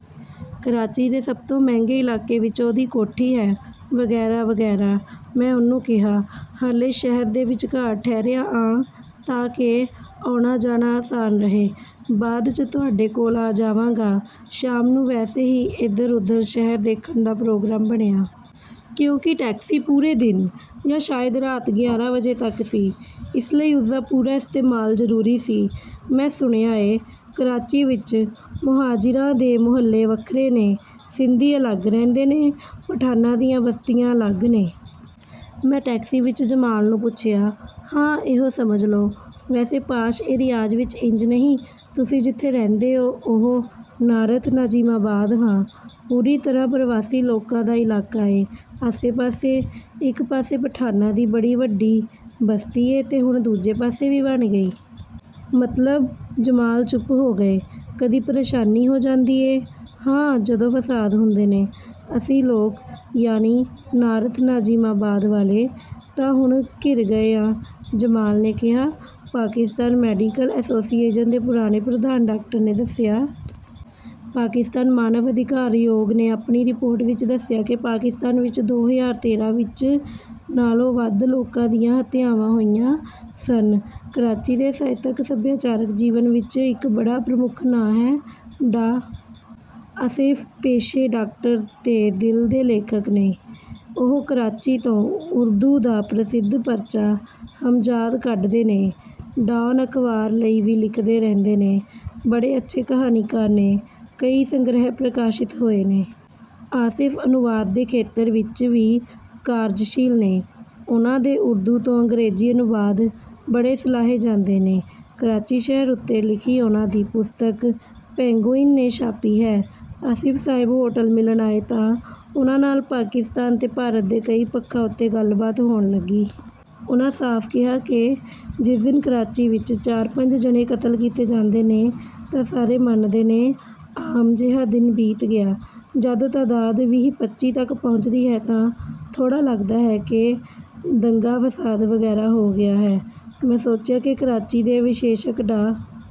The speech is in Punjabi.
ਕਰਾਚੀ ਦੇ ਸਭ ਤੋਂ ਮਹਿੰਗੇ ਇਲਾਕੇ ਵਿੱਚ ਉਹਦੀ ਕੋਠੀ ਹੈ... ਵਗ਼ੈਰਾ... ਵਗ਼ੈਰਾ...। ਮੈਂ ਉਹਨੂੰ ਕਿਹਾ, "ਹਾਲੇ ਸ਼ਹਿਰ ਦੇ ਵਿਚਕਾਰ ਠਹਿਰਿਆ ਆਂ ਤਾਂ ਕਿ ਆਉਣਾ-ਜਾਣਾ ਆਸਾਨ ਰਹੇ... ਬਾਅਦ 'ਚ ਤੁਹਾਡੇ ਕੋਲ ਆ ਜਾਵਾਂਗਾ।" ਸ਼ਾਮ ਨੂੰ ਵੈਸੇ ਹੀ ਇਧਰ-ਉਧਰ ਸ਼ਹਿਰ ਦੇਖਣ ਦਾ ਪ੍ਰੋਗਰਾਮ ਬਣਿਆ। ਕਿਉਂਕਿ ਟੈਕਸੀ ਪੂਰੇ ਦਿਨ, ਯਾਂ ਸ਼ਾਇਦ ਰਾਤ ਗਿਆਰਾਂ ਵਜੇ ਤੱਕ ਸੀ, ਇਸ ਲਈ ਉਸਦਾ ਪੂਰਾ ਇਸਤੇਮਾਲ ਜ਼ਰੂਰੀ ਸੀ। "ਮੈਂ ਸੁਣਿਆ ਏ, ਕਰਾਚੀ ਵਿੱਚ ਮੋਹਾਜਿਰਾਂ ਦੇ ਮੁਹੱਲੇ ਵੱਖਰੇ ਨੇ, ਸਿੰਧੀ ਅਲੱਗ ਰਹਿੰਦੇ ਨੇ, ਪਠਾਨਾਂ ਦੀਆਂ ਬਸਤੀਆਂ ਅਲੱਗ ਨੇ..." ਮੈਂ ਟੈਕਸੀ ਵਿੱਚ ਜਮਾਲ ਨੂੰ ਪੁੱਛਿਆ। "ਹਾਂ... ਇਹੋ ਸਮਝ ਲੋ... ਵੈਸੇ ਪਾਸ਼ ਏਰੀਆਜ਼ ਵਿੱਚ ਇੰਜ ਨਹੀਂ...।" "ਤੁਸੀਂ ਜਿੱਥੇ ਰਹਿੰਦੇ ਔ, ਔਹ...?" "ਨਾਰਥ ਨਾਜਿਮਾਬਾਦ... ਹਾਂ, ਪੂਰੀ ਤਰ੍ਹਾਂ ਪਰਵਾਸੀ ਲੋਕਾਂ ਦਾ ਇਲਾਕਾ ਏ।" "ਆਸੇ-ਪਾਸੇ?" "ਇੱਕ ਪਾਸੇ ਪਠਾਨਾਂ ਦੀ ਬੜੀ ਵੱਡੀ ਬਸਤੀ ਏ ਤੇ ਹੁਣ ਦੂਜੇ ਪਾਸੇ ਵੀ ਬਣ ਗਈ ਏ... ਮਤਲਬ..." ਜਮਾਲ ਚੁੱਪ ਹੋ ਗਏ। "ਕਦੀ ਪ੍ਰੇਸ਼ਾਨੀ ਹੋ ਜਾਂਦੀ ਏ?" "ਹਾਂ, ਜਦੋਂ ਫਸਾਦ ਹੁੰਦੇ ਨੇ... ਅਸੀਂ ਲੋਕ, ਯਾਨੀ ਨਾਰਥ ਨਾਜਿਮਾਬਾਦ ਵਾਲੇ, ਤਾਂ ਹੁਣ ਘਿਰ ਗਏ ਆਂ...।" ਜਮਾਲ ਨੇ ਕਿਹਾ। ਪਾਕਿਸਤਾਨ ਮੈਡੀਕਲ ਐਸੋਸੀਏਸ਼ਨ ਦੇ ਪੁਰਾਣੇ ਪ੍ਰਧਾਨ ਡਾਕਟਰ ਨੇ ਦੱਸਿਆ। ਪਾਕਿਸਤਾਨ ਮਾਨਵ ਅਧਿਕਾਰ ਆਯੋਗ ਨੇ ਅਪਣੀ ਰਿਪੋਰਟ ਵਿੱਚ ਦੱਸਿਆ ਕਿ ਪਾਕਿਸਤਾਨ ਵਿੱਚ ਦੋ ਹਜ਼ਾਰ ਤੇਰਾਂ ਵਿੱਚ ਨਾਲੋਂ ਵੱਧ ਲੋਕਾਂ ਦੀਆਂ ਹੱਤਿਆਵਾਂ ਹੋਈਆਂ ਸਨ। ਕਰਾਚੀ ਦੇ ਸਾਹਿਤਕ-ਸੱਭਿਆਚਾਰਕ ਜੀਵਨ ਵਿੱਚ ਇੱਕ ਬੜਾ ਪ੍ਰਮੁੱਖ ਨਾਂ ਹੈ, ਡਾ. ਆਸਿਫ। ਪੇਸ਼ੇ ਦੇ ਡਾਕਟਰ ਤੇ ਦਿਲ ਦੇ ਲੇਖਕ ਨੇ। ਉਹ ਕਰਾਚੀ ਤੋਂ ਉਰਦੂ ਦਾ ਪ੍ਰਸਿੱਧ ਪਰਚਾ 'ਹਮਜਾਦ' ਕੱਢਦੇ ਨੇ। 'ਡਾਨ' ਅਖ਼ਬਾਰ ਲਈ ਵੀ ਲਿਖਦੇ ਰਹਿੰਦੇ ਨੇ। ਬੜੇ ਅੱਛੇ ਕਹਾਣੀਕਾਰ ਨੇ। ਕਈ ਸੰਗ੍ਰਹਿ ਪ੍ਰਕਾਸ਼ਿਤ ਹੋਏ ਨੇ। ਆਸਿਫ ਅਨੁਵਾਦ ਦੇ ਖੇਤਰ ਵਿੱਚ ਵੀ ਕਾਰਜਸ਼ੀਲ ਨੇ। ਉਹਨਾਂ ਦੇ ਉਰਦੂ ਤੋਂ ਅੰਗਰੇਜ਼ੀ ਅਨੁਵਾਦ ਬੜੇ ਸਲਾਹੇ ਜਾਂਦੇ ਨੇ। ਕਰਾਚੀ ਸ਼ਹਿਰ ਉੱਤੇ ਲਿਖੀ ਉਹਨਾਂ ਦੀ ਪੁਸਤਕ 'ਪੇਂਗੁਇਨ' ਨੇ ਛਾਪੀ ਹੈ। ਆਸਿਫ ਸਾਹਿਬ ਹੋਟਲ ਮਿਲਣ ਆਏ ਤਾਂ ਉਹਨਾਂ ਨਾਲ ਪਾਕਿਸਤਾਨ ਤੇ ਭਾਰਤ ਦੇ ਕਈ ਪੱਖਾਂ ਉੱਤੇ ਗੱਲਬਾਤ ਹੋਣ ਲੱਗੀ। ਉਹਨਾਂ ਸਾਫ਼ ਕਿਹਾ ਕਿ ਜਿਸ ਦਿਨ ਕਰਾਚੀ ਵਿੱਚ ਚਾਰ-ਪੰਜ ਜਣੇ ਕਤਲ ਕੀਤੇ ਜਾਂਦੇ ਨੇ ਤਾਂ ਸਾਰੇ ਮੰਨਦੇ ਨੇ, ਆਮ ਜਿਹਾ ਦਿਨ ਬੀਤ ਗਿਆ। ਜਦ ਤਾਦਾਦ ਵੀਹ-ਪੱਚੀ ਤੱਕ ਪਹੁੰਚਦੀ ਹੈ ਤਾਂ ਥੋੜ੍ਹਾ ਲੱਗਦਾ ਹੈ ਕਿ ਦੰਗਾ-ਫਸਾਦ ਵਗ਼ੈਰਾ ਹੋ ਗਿਆ ਹੈ। ਮੈਂ ਸੋਚਿਆ ਕਿ ਕਰਾਚੀ ਦੇ ਵਿਸ਼ੇਸ਼ਕ ਡਾ....